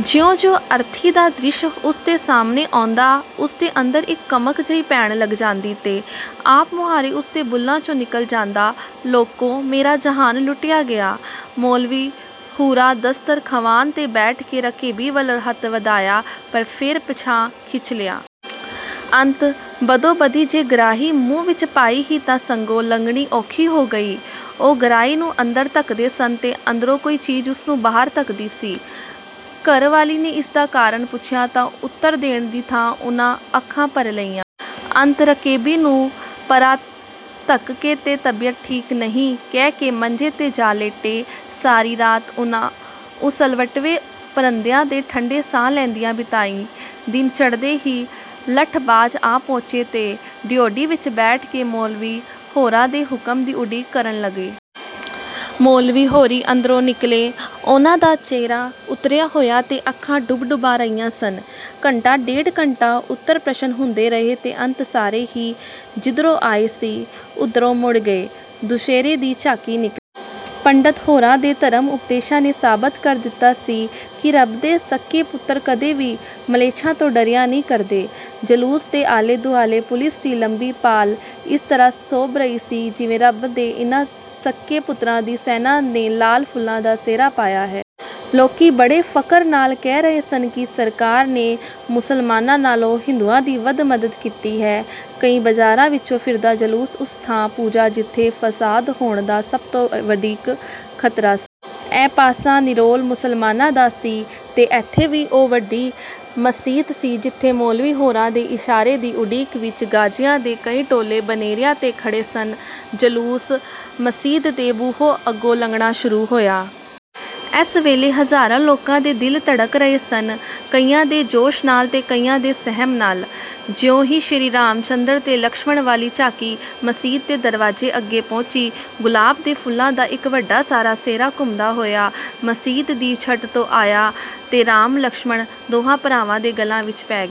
ਜਿਉਂ ਜਿਉਂ ਅਰਥੀ ਦਾ ਦ੍ਰਿਸ਼ ਉਸ ਦੇ ਸਾਹਮਣੇ ਆਉਂਦਾ ਉਸ ਦੇ ਅੰਦਰ ਇਕ ਕਸਕ ਜਹੀ ਪੈਣ ਲਗ ਜਾਂਦੀ ਤੇ ਆਪ ਮੁਹਾਰੇ ਉਸ ਦੇ ਬੁਲ੍ਹਾਂ ਚੋਂ ਨਿਕਲ ਜਾਂਦਾ, "ਲੋਕੋ! ਮੇਰਾ ਜਹਾਨ ਲੁੱਟਿਆ ਗਿਆ! " ਮੌਲਵੀ ਹੁਰਾਂ ਦਸਤਰ ਖਵਾਨ ਤੇ ਬੈਠ ਕੇ ਰਕੇਬੀ ਵਲ ਹੱਥ ਵਧਾਇਆ, ਪਰ ਫੇਰ ਪਿਛਾਂਹ ਖਿਚ ਲਿਆ। ਅੰਤ ਬਦੋ ਬਦੀ ਜੇ ਗਰਾਹੀ ਮੂੰਹ ਵਿਚ ਪਾਈ ਹੀ ਤਾਂ ਸੰਘੋ ਲੰਘਣੀ ਔਖੀ ਹੋ ਗਈ। ਉਹ ਗਰਾਹੀ ਨੂੰ ਅੰਦਰ ਧਕਦੇ ਸਨ ਤੇ ਅੰਦਰੋਂ ਕੋਈ ਚੀਜ਼ ਉਸ ਨੂੰ ਬਾਹਰ ਧੱਕਦੀ ਸੀ। ਘਰ ਵਾਲੀ ਨੇ ਇਸ ਦਾ ਕਾਰਨ ਪੁੱਛਿਆ ਤਾਂ ਉਤਰ ਦੇਣ ਦੀ ਥਾਂ ਉਨ੍ਹਾਂ ਅੱਖਾਂ ਭਰ ਲਈਆਂ। ਅੰਤ ਰਕੇਬੀ ਨੂੰ ਪਰ੍ਹਾਂ ਧੱਕ ਕੇ ਤੇ 'ਤਬੀਅਤ ਠੀਕ ਨਹੀਂ' ਕਹਿ ਕੇ ਮੰਜੇ ਤੇ ਜਾ ਲੇਟੇ। ਸਾਰੀ ਰਾਤ ਉਨ੍ਹਾਂ ਉਸੱਲਵੱਟੇ ਭੰਨਦਿਆਂ ਤੇ ਠੰਢੇ ਸਾਹ ਲੈਂਦਿਆਂ ਬਿਤਾਈ। ਦਿਨ ਚੜ੍ਹਦੇ ਹੀ - ਲਠ ਬਾਜ਼ ਆ ਪਹੁੰਚੇ ਤੇ ਡਿਓਢੀ ਵਿਚ ਬੈਠ ਕੇ ਮੌਲਵੀ ਹੋਰਾਂ ਦੇ ਹੁਕਮ ਦੀ ਉਡੀਕ ਕਰਨ ਲੱਗੇ। ਮੌਲਵੀ ਹੋਰੀਂ ਅੰਦਰੋਂ ਨਿਕਲੇ। ਉਹਨਾਂ ਦਾ ਚਿਹਰਾ ਉਤਰਿਆ ਹੋਇਆ ਤੇ ਅੱਖਾਂ ਡੁਬਡੁਬਾ ਰਹੀਆਂ ਸਨ। ਘੰਟਾ ਡੇਢ ਘੰਟਾ ਉੱਤਰ ਪ੍ਰਸ਼ਨ ਹੁੰਦੇ ਰਹੇ ਤੇ ਅੰਤ ਸਾਰੇ ਹੀ, ਜਿਧਰੋਂ ਆਏ ਸੀ, ਉਧਰੋ ਮੁੜ ਗਏ। ਦੁਸਹਿਰੇ ਦੀ ਝਾਕੀ ਨਿਕਲੀ। ਪੰਡਤ ਹੋਰਾਂ ਦੇ ਧਰਮ ਉਪਦੇਸ਼ਾਂ ਨੇ ਸਾਬਤ ਕਰ ਦਿਤਾ ਸੀ ਕਿ ਰਬ ਦੇ ਸੱਕੇ ਪੁਤਰ ਕਦੇ ਵੀ ਮਲੇਛਾਂ ਤੋਂ ਡਰਿਆ ਨਹੀਂ ਕਰਦੇ। ਜਲੂਸ ਦੇ ਆਲੇ ਦੁਆਲੇ ਪੁਲੀਸ ਦੀ ਲੰਮੀ ਪਾਲ ਇਸ ਤਰ੍ਹਾਂ ਸੋਭ ਰਹੀ ਸੀ ਕਿ ਜਿਵੇਂ ਰੱਬ ਦੇ ਇਹਨਾਂ ਸੱਕੇ ਪੁੱਤਰਾਂ ਦੀ ਸੈਨਾ ਨੇ ਲਾਲ ਫੁਲਾਂ ਦਾ ਸਿਹਰਾ ਪਾਇਆ ਹੈ। ਲੋਕੀਂ ਬੜੇ ਫਕਰ ਨਾਲ ਕਹਿ ਰਹੇ ਸਨ ਕਿ ਸਰਕਾਰ ਨੇ ਮੁਸਲਮਾਨਾਂ ਨਾਲੋਂ ਹਿੰਦੂਆਂ ਦੀ ਵੱਧ ਮਦਦ ਕੀਤੀ ਹੈ। ਕਈ ਬਾਜ਼ਾਰਾਂ ਵਿਚੋਂ ਫਿਰਦਾ ਜਲੂਸ ਉਸ ਥਾਂ ਪੁੱਜਾ ਜਿਥੇ ਫ਼ਸਾਦ ਹੋਣ ਦਾ ਸਭ ਤੋਂ ਵਧੀਕ ਖ਼ਤਰਾ ਸੀ। ਇਹ ਪਾਸਾ ਨਿਰੋਲ ਮੁਸਲਮਾਨਾਂ ਦਾ ਸੀ ਤੇ ਇਥੇ ਹੀ ਉਹ ਵਡੀ ਮਸੀਤ ਸੀ ਜਿਥੇ ਮੌਲਵੀ ਹੋਰਾਂ ਦੇ ਇਸ਼ਾਰੇ ਦੀ ਉਡੀਕ ਵਿਚ ਗ਼ਾਜ਼ੀਆਂ ਦੇ ਕਈ ਟੋਲੇ ਬਨੇਰਿਆਂ ਤੇ ਖੜੇ ਸਨ। ਜਲੂਸ ਮਸੀਤ ਦੇ ਬੂਹੇ ਅੱਗੋਂ ਲੰਘਣਾ ਸ਼ੁਰੂ ਹੋਇਆ। ਇਸ ਵੇਲੇ ਹਜ਼ਾਰਾਂ ਲੋਕਾਂ ਦੇ ਦਿਲ ਧੜਕ ਰਹੇ ਸਨ-ਕਈਆਂ ਦੇ ਜੋਸ਼ ਨਾਲ ਤੇ ਕਈਆਂ ਦੇ ਸਹਿਮ ਨਾਲ। ਜਿਉਂ ਹੀ ਸ੍ਰੀ ਰਾਮ ਚੰਦਰ ਤੇ ਲਛਮਣ ਵਾਲੀ ਝਾਕੀ ਮਸੀਤ ਦੇ ਦਰਵਾਜ਼ੇ ਅੱਗੇ ਪਹੁੰਚੀ, ਗੁਲਾਬ ਦੇ ਫੁੱਲਾਂ ਦਾ ਇਕ ਵੱਡਾ ਸਾਰਾ ਸਿਹਰਾ ਘੁੰਮਦਾ ਹੋਇਆ ਮਸੀਤ ਦੀ ਛੱਤ ਤੋਂ ਆਇਆ ਤੇ ਰਾਮ ਲਛਮਣ, ਦੋਹਾਂ ਭਰਾਵਾਂ ਦੇ ਗਲਾਂ ਵਿਚ ਪੈ ਗਿਆ।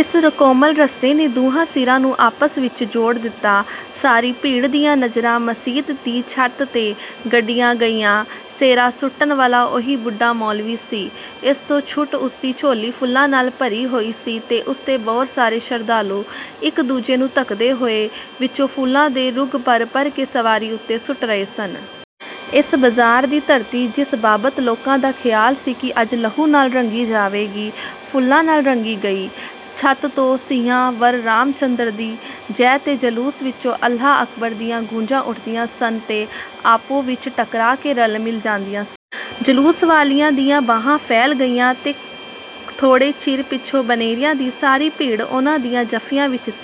ਇਸ ਕੋਮਲ ਰੱਸੇ ਨੇ ਦੁਹਾਂ ਸਿਰਾਂ ਨੂੰ ਆਪੋ ਵਿਚ ਜੋੜ ਦਿਤਾ। ਸਾਰੀ ਭੀੜ ਦੀਆਂ ਨਜ਼ਰਾਂ ਮਸੀਤ ਦੀ ਛੱਤ ਤੇ ਗੱਡੀਆਂ ਗਈਆਂ। ਸਿਹਰਾ ਸੁੱਟਣ ਵਾਲਾ ਉਹੀ ਬੁੱਢਾ ਮੌਲਵੀ ਸੀ। ਇਸ ਤੋਂ ਛੁੱਟ ਉਸਦੀ ਝੋਲੀ ਫੁੱਲਾਂ ਨਾਲ ਭਰੀ ਹੋਈ ਸੀ ਤੇ ਉਸ ਦੇ ਬਹੁਤ ਸਾਰੇ ਸ਼ਰਧਾਲੂ, ਇਕ ਦੂਜੇ ਨੂੰ ਧਕਦੇ ਹੋਏ, ਵਿਚੋਂ ਫੁੱਲਾਂ ਦੇ ਰੁਗ ਭਰ ਭਰ ਕੇ ਸਵਾਰੀ ਉਤੇ ਸੁਟ ਰਹੇ ਸਨ। ਇਸ ਬਾਜ਼ਾਰ ਦੀ ਧਰਤੀ, ਜਿਸ ਬਾਬਤ ਲੋਕਾਂ ਦਾ ਖਿਆਲ ਸੀ ਕਿ ਅੱਜ ਲਹੂ ਨਾਲ ਰੰਗੀ ਜਾਵੇਗੀ, ਫੁੱਲਾਂ ਨਾਲ ਰੰਗੀ ਗਈ। ਛਤ ਤੋਂ 'ਸੀਆ ਵਰ ਰਾਮ ਚੰਦਰ ਕੀ ਜੈ ਤੇ ਜਲੂਸ ਵਿਚੋਂ 'ਅੱਲਾਹ ਅਕਬਰ' ਦੀਆਂ ਗੂੰਜਾਂ ਉਠਦੀਆਂ ਸਨ ਤੇ ਆਪੋ ਵਿਚ ਟਕਰਾ ਕੇ ਰਲ ਮਿਲ ਜਾਂਦੀਆਂ ਸਨ। ਜਲੂਸ ਵਾਲਿਆਂ ਦੀਆਂ ਬਾਹਾਂ ਫੈਲ ਗਈਆਂ ਤੇ ਥੋੜੇ ਚਿਰ ਪਿਛੋਂ ਬਨੇਰਿਆਂ ਦੀ ਸਾਰੀ ਭੀੜ ਉਹਨਾਂ ਦੀਆਂ ਜੱਫੀਆਂ ਵਿਚ ਸੀ।